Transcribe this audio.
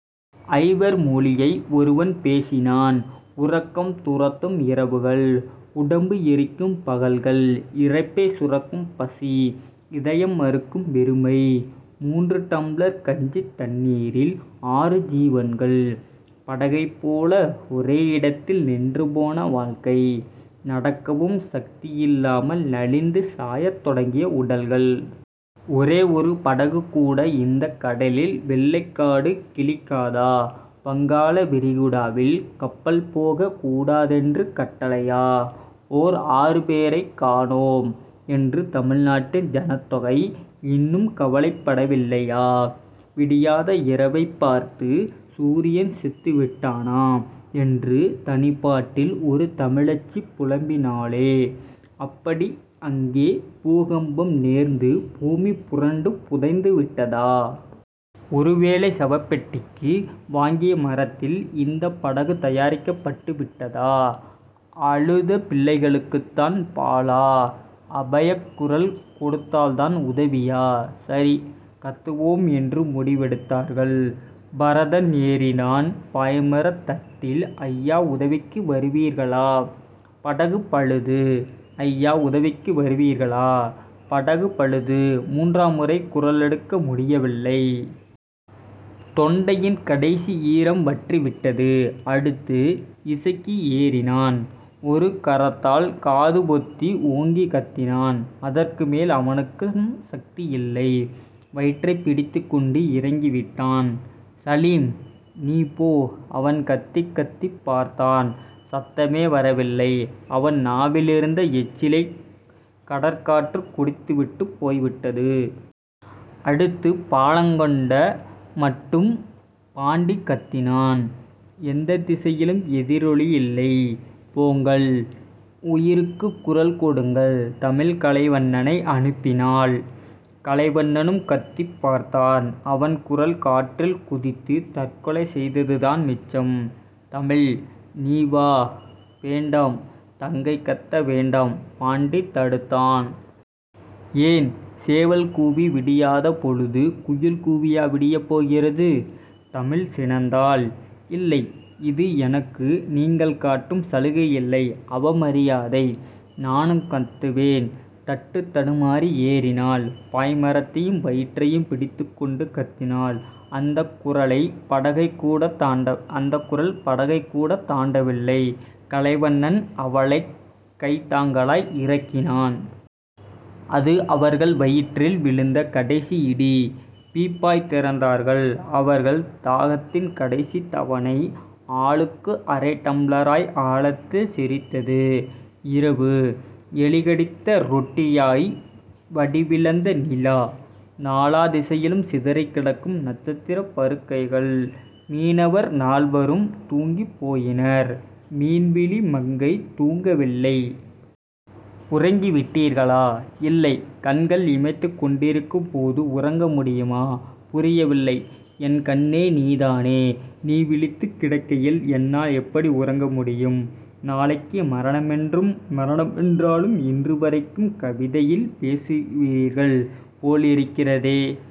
ஐவர் மொழியை ஒருவன் பேசினான். உறக்கம் துரத்தும் இரவுகள். உடம்பு எரிக்கும் பகல்கள். இரைப்பை சுரக்கும் பசி. இதயம் அறுக்கும் வெறுமை. மூன்று டம்ளர் கஞ்சித் தண்ணீரில் ஆறு ஜீவன்கள். படகைப் போல ஒரே இடத்தில் நின்றுபோன வாழ்க்கை. நடக்கவும் சக்தியில்லாமல் நலிந்து சாயத் தொடங்கிய உடல்கள். ஒரே ஒரு படகுகூட இந்தக் கடலில் வெள்ளைக்கோடு கிழிக்காதா? வங்காள விரிகுடாவில் கப்பல் போகக் கூடாதென்று கட்டளையா? ஓர் ஆறு பேரைக் காணோம் என்று தமிழ்நாட்டின் ஜனத்தொகை இன்னும் கவலைப்படவில்லையா? விடியாத இரவைப் பார்த்து சூரியன் செத்துவிட்டானா? என்று தனிப்பாட்டில் ஒரு தமிழச்சி புலம்பினாளே. அப்படி அங்கே பூகம்பம் நேர்ந்து பூமி புரண்டு புதைந்துவிட்டதா? ஒருவேளை சவப்பெட்டிக்கு வாங்கிய மரத்தில் இந்தப் படகு தயாரிக்கப்பட்டுவிட்டதா? அழுத பிள்ளைக்களுக்குத்தான் பாலா? அபயக்குரல் கொடுத்தால்தான் உதவியா? சரி. கத்துவோம்என்று முடிவெடுத்தார்கள். பரதன் ஏறினான் பாய்மரத் தட்டில். அய்யா உதவிக்கு வருவீர்களா? படகு பழுது. அய்யா உதவிக்கு வருவீர்களா? படகு பழுது. மூன்றாம் முறை குரலெடுக்க முடியவில்லை. தொண்டையின் கடைசி ஈரம் வற்றிவிட்டது. அடுத்து இசக்கி ஏறினான். ஒரு கரத்தால் காதுபொத்தி ஓங்கிக் கத்தினான். அதற்குமேல் அவனுக்கும் சக்தி இல்லை. வயிற்றைப் பிடித்துக் கொண்டு இறங்கிவிட்டான். சலீம். நீ போ அவன் கத்திக் கத்திப் பார்த்தான். சத்தமே வரவில்லை. அவன் நாவிலிருந்த எச்சிலைக் கடற்காற்று குடித்துவிட்டுப் போய்விட்டது. அடுத்து பாலங்கொண்ட மட்டும் பாண்டி கத்தினான். எந்தத் திசையிலும் எதிரொலியில்லை. போங்கள். உயிருக்கு குரல் கொடுங்கள் தமிழ் கலைவண்ணனை அனுப்பினாள். கலைவண்ணனும் கத்திப் பார்த்தான். அவன் குரல் காற்றில் குதித்துத் தற்கொலை செய்ததுதான் மிச்சம். தமிழ். நீ வா. வேண்டாம். தங்கை கத்த வேண்டாம் பாண்டி தடுத்தான். ஏன்? சேவல் கூவி விடியாத பொழுது குயில் கூவியா விடியப் போகிறது? தமிழ் சினந்தாள். இல்லை. இது எனக்கு நீங்கள் காட்டும் சலுகையில்லை. அவமரியாதை. நானும் கத்துவேன். தட்டுத் தடுமாறி ஏறினாள். பாய்மரத்தையும் வயிற்றையும் பிடித்துக் கொண்டு கத்தினாள். அந்தக் குரல் படகைக்கூடத் தாண்டவில்லை. கலைவண்ணன் அவளைக் கைத்தாங்கலாய் இறக்கினான். அது அவர்கள் வயிற்றில் விழுந்த கடைசி இடி. பீப்பாய் திறந்தார்கள். அவர்கள் தாகத்தின் கடைசித் தவணை ஆளுக்கு அரை டம்ளராய் ஆழத்தில் சிரித்தது. இரவு. எலிகடித்த ரொட்டியாய் வடிவிழந்த நிலா. நாலா திசையிலும் சிதறிக்கிடக்கும் நட்சத்திரப் பருக்கைகள். மீனவர் நால்வரும் தூங்கிப் போயினர். மீன்விழி மங்கை தூங்கவில்லை. உறங்கிவிட்டீர்களா? இல்லை. கண்கள் இமைத்துக் கொண்டிருக்கும்போது உறங்க முடியுமா? புரியவில்லை. என் கண்ணே நீதானே. நீ விழித்துக் கிடக்கையில் என்னால் எப்படி உறங்க முடியும்? நாளைக்கு மரணமென்றாலும் இன்றுவரைக்கும் கவிதையில் பேசுவீர்கள் போலிருக்கிறதே.